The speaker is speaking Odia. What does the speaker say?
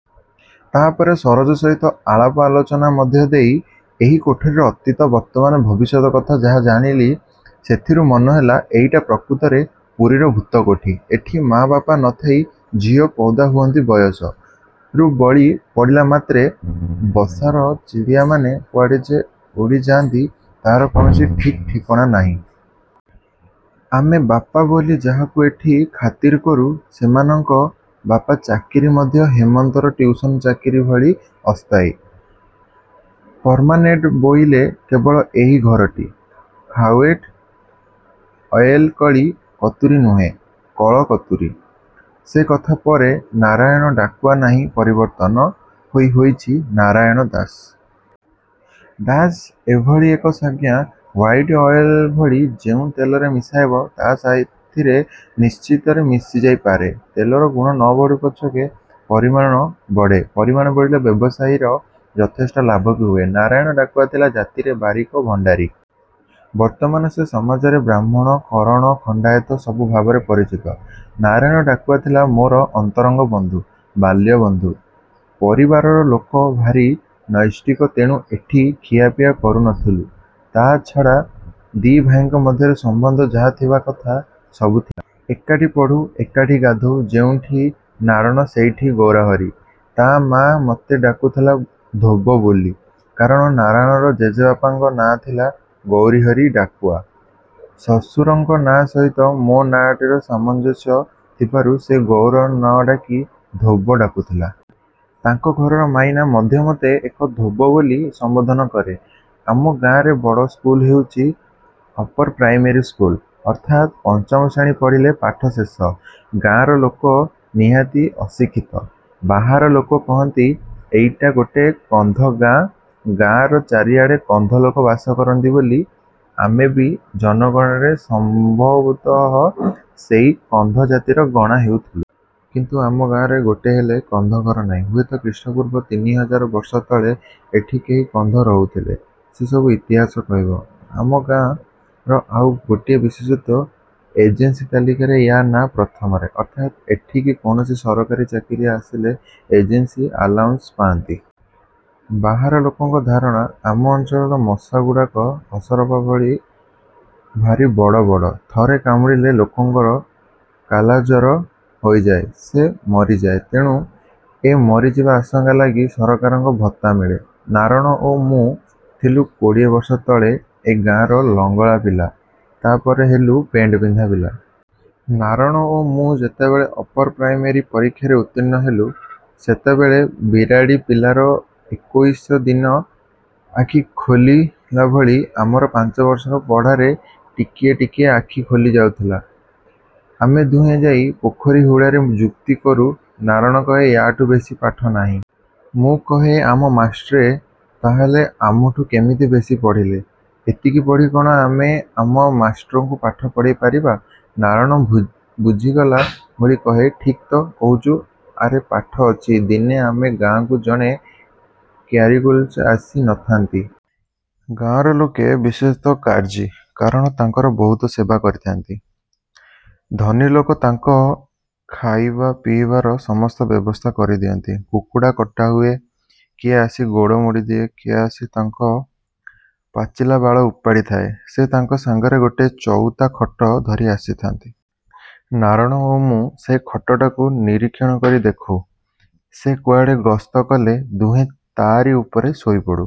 ତାପରେ ସରୋଜା ସହିତ ଆଳାପ ଆଲୋଚନା ମଧ୍ୟ ଦେଇ ଏହି କୋଠିର ଅତୀତ, ବର୍ତ୍ତମାନ ଓ ଭବିଷତ୍ କଥା ଯାହା ଜାଣିଲି ସେଥିରୁ ମନେହେଲା, ଏଇଟା ପ୍ରକୃତରେ ପୁରୀର ଭୂତ କୋଠି। ଏଠି ମା'ବାପା ନ ଥାଇ ଝିଅ ପୈଦା ହୁଅନ୍ତି ବୟସ। ରୁ ବଳି ପଡ଼ିଲା ମାତ୍ରେ ବସାର ଚିଡ଼ିଆମାନେ କୁଆଡ଼େ ଯେ ଉଡ଼ିଯାଆନ୍ତି, ତାର କୌଣସି ଠିକ୍ ଠିକଣା ନାହିଁ। ଆମେ ବାପା ବୋଲି ଯାହାକୁ ଏଠି ଖାତିର କରୁ, ସେମାନଙ୍କ ବାପାଚାକିରି ମଧ୍ୟ ହେମନ୍ତର ଟ୍ୟୁସନ ଚାକିରି ଭଳି ଅସ୍ଥାୟୀ। ପର୍ମାନେଣ୍ଟ ବୋଇଲେ କେବଳ ଏଇ ଘରଟି। ହ୍ୱାଇଟ୍ ଅଏଲ କଳି କତୁରୀ ନୁହେଁ, କଳ କତୁରୀ। ସେ କଥା ପରେ….. ନାରାୟଣ ଡାକୁଆ ନାଁ ପରିବର୍ତ୍ତନ ହୋଇ ହୋଇଚି ନାରାୟଣ ଦାସ। ଦାସ ଏଭଳି ଏକ ସାଜ୍ଞା, ହ୍ୱାଇଟ୍ ଅଏଲ ଭଳି ଯେଉଁ ତେଲରେ ମିଶାଇବ, ତା ସାଥିରେ ନିଶ୍ଚିନ୍ତରେ ମିଶି ଯାଇପାରେ। ତେଲର ଗୁଣ ନ ବଢ଼ୁ ପଛକେ, ପରିମାଣ ବଢ଼େ, ପରିମାଣ ବଢ଼ିଲେ, ବ୍ୟବସାୟୀର ଯଥେଷ୍ଟ ଲାଭ ବି ହୁଏ। ନାରାୟଣ ଡାକୁଆ ଥିଲା ଜାତିରେ ବାରିକ, ଭଣ୍ଡାରୀ। ବର୍ତ୍ତମାନ ସେ ସମାଜରେ ବ୍ରାହ୍ମଣ, କରଣ, ଖଣ୍ଡେଇତ ସବୁ ଭାବରେ ପରିଚିତ। ନାରାୟଣ ଡାକୁଆ ଥିଲା ମୋର ଅନ୍ତରଙ୍ଗ ବନ୍ଧୁ। ବାଲ୍ୟବନ୍ଧୁ। ମୋ ପରିବାରର ଲୋକେ ଭାରି ନୈଷ୍ଠିକ ତେଣୁ ଏକାଠି ଖିଆପିଆ କରୁ ନଥିଲୁ, ତା ଛଡ଼ା ଦି ଭାଇଙ୍କ ମଧ୍ୟରେ ସମ୍ବନ୍ଧ ଯାହା ଥିବା କଥା, ସବୁଥିଲା। ଏକାଠି ପଢ଼ୁ, ଏକାଠି ଗାଧୋଉ—ଯେଉଁଠି ନାରଣ ସେଇଠି ଗୌରହରି। ତା ମା' ମତେ ଡାକୁଥିଲା 'ଧୋବ' ବୋଲି। କାରଣ ନାରାଣର ଜେଜପା ଙ୍କ ନାଁ ଥିଲା ଗୌରହରି ଡାକୁଆ। ଶ୍ୱଶୁରଙ୍କ ନାଁ ସହିତ ମୋ ନାଁଟାର ସାମଂଜସ୍ୟ ଥିବାରୁ ସେ ଗୌର ନ ଡାକି 'ଧୋବ' ଡାକୁଥିଲା। ତାଙ୍କ ଘରର ମଇନା ମଧ୍ୟ ମତେ ଏଇ 'ଧୋବ' ବୋଲି ସମ୍ବୋଧନ କରେ। ଆମ ଗାଁରେ ବଡ଼ ସ୍କୁଲ ହେଉଚି, ଅପରପ୍ରାଇମେରୀ ସ୍କୁଲ, ଅର୍ଥାତ୍ ପଞ୍ଚମ ଶ୍ରେଣୀ ପଢ଼ିଲେ ପାଠ ଶେଷ। ଗାଁର ଲୋକେ ନିହାତି ଅଶିକ୍ଷିତ। ବାହାର ଲୋକେ କହନ୍ତି, ଏଇଟା ଗୋଟାଏ କନ୍ଧ ଗାଁ—ଗାଁର ଚାରିଆଡ଼େ କନ୍ଧଲୋକ ବାସ କରନ୍ତି ବୋଲି, ଆମେବି ଜନଗଣନାରେ ସଂଭବତଃ ସେଇ କନ୍ଧ ଜାତିରେ ଗଣା ହେଉଥିଲୁ। କିନ୍ତୁ ଆମ ଗାଁରେ ଗୋଟିଏ ହେଲେ କନ୍ଧ ଘର ନାହିଁ। ହୁଏତ ଖ୍ରୀଷ୍ଟପୂର୍ବ ତିନି ହଜାର ବର୍ଷ ତଳେ ଏଇଠି କେହି କନ୍ଧ ରହୁଥିଲେ, ସେ ସବୁ ଇତିହାସ କହିବ। ଆମ ଗାଁର ଆଉ ଗୋଟିଏ ବିଶେଷତ୍ୱ—ଏଜେନ୍ସି ତାଲିକାରେ ୟା ନାଁ ପ୍ରଥମରେ। ଅର୍ଥାତ୍ ଏଠିକି କୌଣସି ସରକାରୀ ଚାକିରିଆ ଆସିଲେ, ଏଜେନ୍ସି ଆଲାଉନସ୍ ପାଆନ୍ତି। ବାହାର ଲୋକଙ୍କ ଧାରଣା, ଆମ ଅଞ୍ଚଳର ମଶାଗୁଡ଼ାକ ଅସରପା ଭଳି ଭାରି ବଡ଼ ବଡ଼। ଥରେ କାମୁଡ଼ିଲେ ଲୋକଙ୍କ 'କାଲାଜର' ହୋଇଯାଏ, ସେ ମରିଯାଏ। ତେଣୁ ଏଇ ମରିଯିବା ଆଶଙ୍କା ଲାଗି ସରକାରଙ୍କ ଭତ୍ତା ମିଳେ। ନାରଣ ଓ ମୁଁ ଥିଲୁ କୋଡ଼ିଏ ବର୍ଷ ତଳେ ଏ ଗାଁର ଲଙ୍ଗଳା ପିଲା, ତାପରେ ହେଲୁ ପେଣ୍ଟ ପିନ୍ଧା ପିଲା। ନାରଣ ଓ ମୁଁ ଯେତେବେଳେ ଅପରପ୍ରାଇମେରୀ ପରୀକ୍ଷାରେ ଉତ୍ତୀର୍ଣ୍ଣ ହେଲୁ, ସେତେବେଳେ, ବିରାଡ଼ି ପିଲାର ଏକୋଇଶ ଦିନରେ ଆଖିଖୋଲିଲାଭଳି ଆମର ପାଞ୍ଚ ବର୍ଷର ପଢ଼ାରେ, ଟିକିଏ ଟିକିଏ ଆଖି ଖୋଲି ଯାଇଥିଲା। ଆମେ ଦୁହେଁ ଯାଇ ପୋଖରୀ ହୁଡ଼ାରେ ଯୁକ୍ତି କରୁ—ନାରଣ କହେ ୟାଠୁ ବେଶୀ ପାଠ ନାହିଁ। ମୁଁ କହେ, ଆମ ମାଷ୍ଟ୍ରେ ତାହାହେଲେ ଆମଠୁ କିମିତି ବେଶୀ ପଢ଼ିଲେ? ଏତିକି ପଢ଼ି କ'ଣ ଆମେ ଆମ ମାଷ୍ଟ୍ରଙ୍କୁ ପାଠ ପଢ଼େଇ ପାରିବା? ନାରଣ ବୁଝିଗଲା ଭଳି କହେ, ଠିକ୍ ତ କହିଚୁ। ଆହୁରି ପାଠ ଅଛି। ଦିନେ ଆମ ଗାଁକୁ ଜଣେ କିଆରକୁଲୁ ଆସି ନଥାନ୍ତି। ଗାଁର ଲୋକେ ବିଶେଷତଃ କାର୍ଯୀ, କରଣ ତାଙ୍କର ବହୁତ ସେବା କରି ଥାଆନ୍ତି।। ଧନୀଲୋକେ, ତାଙ୍କ ଖଆଇବା ପିଇବାର ସମସ୍ତ ବ୍ୟବସ୍ଥା କରି ଦିଅନ୍ତି। କୁକୁଡ଼ା କଟାହୁଏ। କିଏ ଆସି ଗୋଡ଼ ମୋଡ଼େତ, କିଏ ଆସି ତାଙ୍କର ପାଚଲା ବାଳ ଉପୁଡ଼ାଏ। ସେ ତାଙ୍କ ସାଙ୍ଗରେ ଗୋଟାଏ ଚଉତା ଖଟ ଧରି ଆସିଥାଆନ୍ତି। ନାରଣ ଓ ମୁଁ ସେ ଖଟଟାକୁ ନିରୀକ୍ଷଣ କରି ଦେଖୁ। ସେ କୁଆଡ଼େ ଗସ୍ତରେ ଗଲେ ଦୁହେଁ ତାରି ଉପରେ ଶୋଇପଡ଼ୁ।